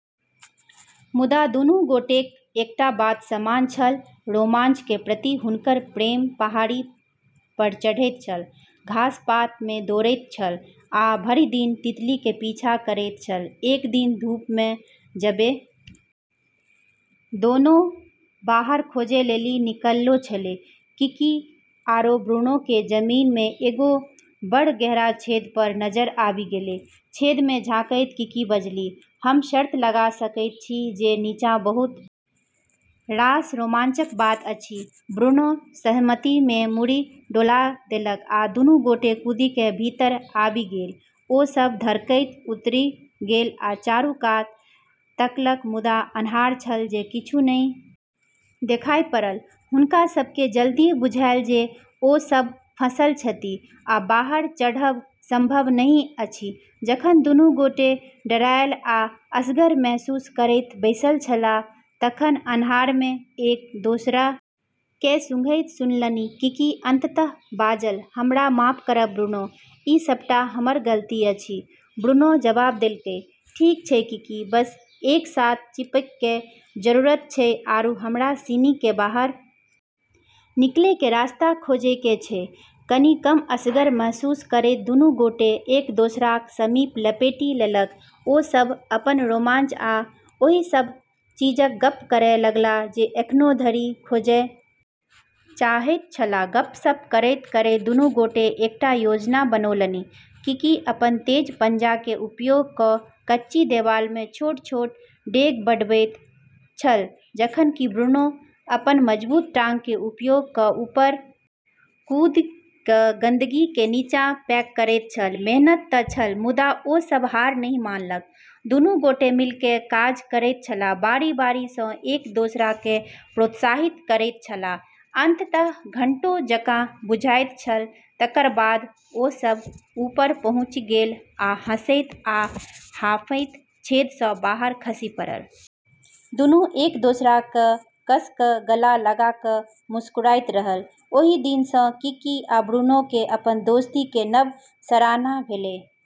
मुदा दुनू गोटेक एकटा बात समान छल, रोमांच के प्रति हुनकर प्रेम पहाड़ी पर चढ़ैत छल, घास-पात मे दौड़ैत छल आ भरि दिन तितली के पीछा करैत छल, एक दिन धूप में जबे दोनों बाहर खोजै लेली निकललो छेलै, किकी आरो ब्रूनो के जमीन में एगो बड़ऽ गहरा छेद पर नजर आबी गेलै, छेद मे झांकैत किकी बजलीह, हम शर्त लगा सकैत छी जे नीचाँ बहुत रास रोमांचक बात अछि, ब्रूनो सहमति मे मुड़ी डोला देलक आ दुनू गोटे कूदि कए भीतर आबि गेल ओ सभ धड़कैत उतरि गेल आ चारू कात तकलक मुदा अन्हार छल जे किछु नहि देखाइ पड़ल, हुनका सब के जल्दीए बुझायल जे ओ सब फंसल छथि आ बाहर चढ़ब संभव नहि अछि जखन दुनू गोटे डराएल आ असगर महसूस करैत बैसल छलाह तखन अन्हार मे एक दोसरा केँ सुंघैत सुनलनि किकी अंततः बाजल, हमरा माफ करब ब्रूनो, ई सबटा हमर गलती अछि, ब्रूनो जबाब देलकै ठीक छै किकी, बस एक साथ चिपक के जरूरत छै आरू हमरा सिनी के बाहर निकलै के रास्ता खोजै के छै, कनि कम असगर महसूस करैत दुनू गोटे एक दोसराक समीप लपेटि लेलक ओ सभ अपन रोमांच आ ओहि सभ चीजक गप्प करय लगलाह जे एखनो धरि खोजय चाहैत छलाह, गप्प-सप्प करैत-करैत दुनू गोटे एकटा योजना बनौलनि किकी अपन तेज पंजा के उपयोग क कच्ची देबाल में छोट-छोट डेग बढ़बैत छल जखन कि ब्रूनो अपन मजबूत टांग के उपयोग क ऊपर कूदि क गंदगी के नीचा पैक करैत छल, मेहनत त छल, मुदा ओ सभ हार नहि मानलक, दुनू गोटे मिलिकय काज करैत छलाह, बारी-बारी सँ एक दोसरा केँ प्रोत्साहित करैत छलाह, अंततः घंटों जकाँ बुझाइत छल तकर बाद ओ सभ ऊपर पहुँचि गेल आ हँसैत आ हांफैत छेदसँ बाहर खसि पड़ल। दुनू एक दोसराकेँ कस कऽ गला लगा कऽ मुस्कुराइत रहल, ओहि दिन सँ किकी आ ब्रूनो के अपन दोस्ती के नव सराहना भेलै।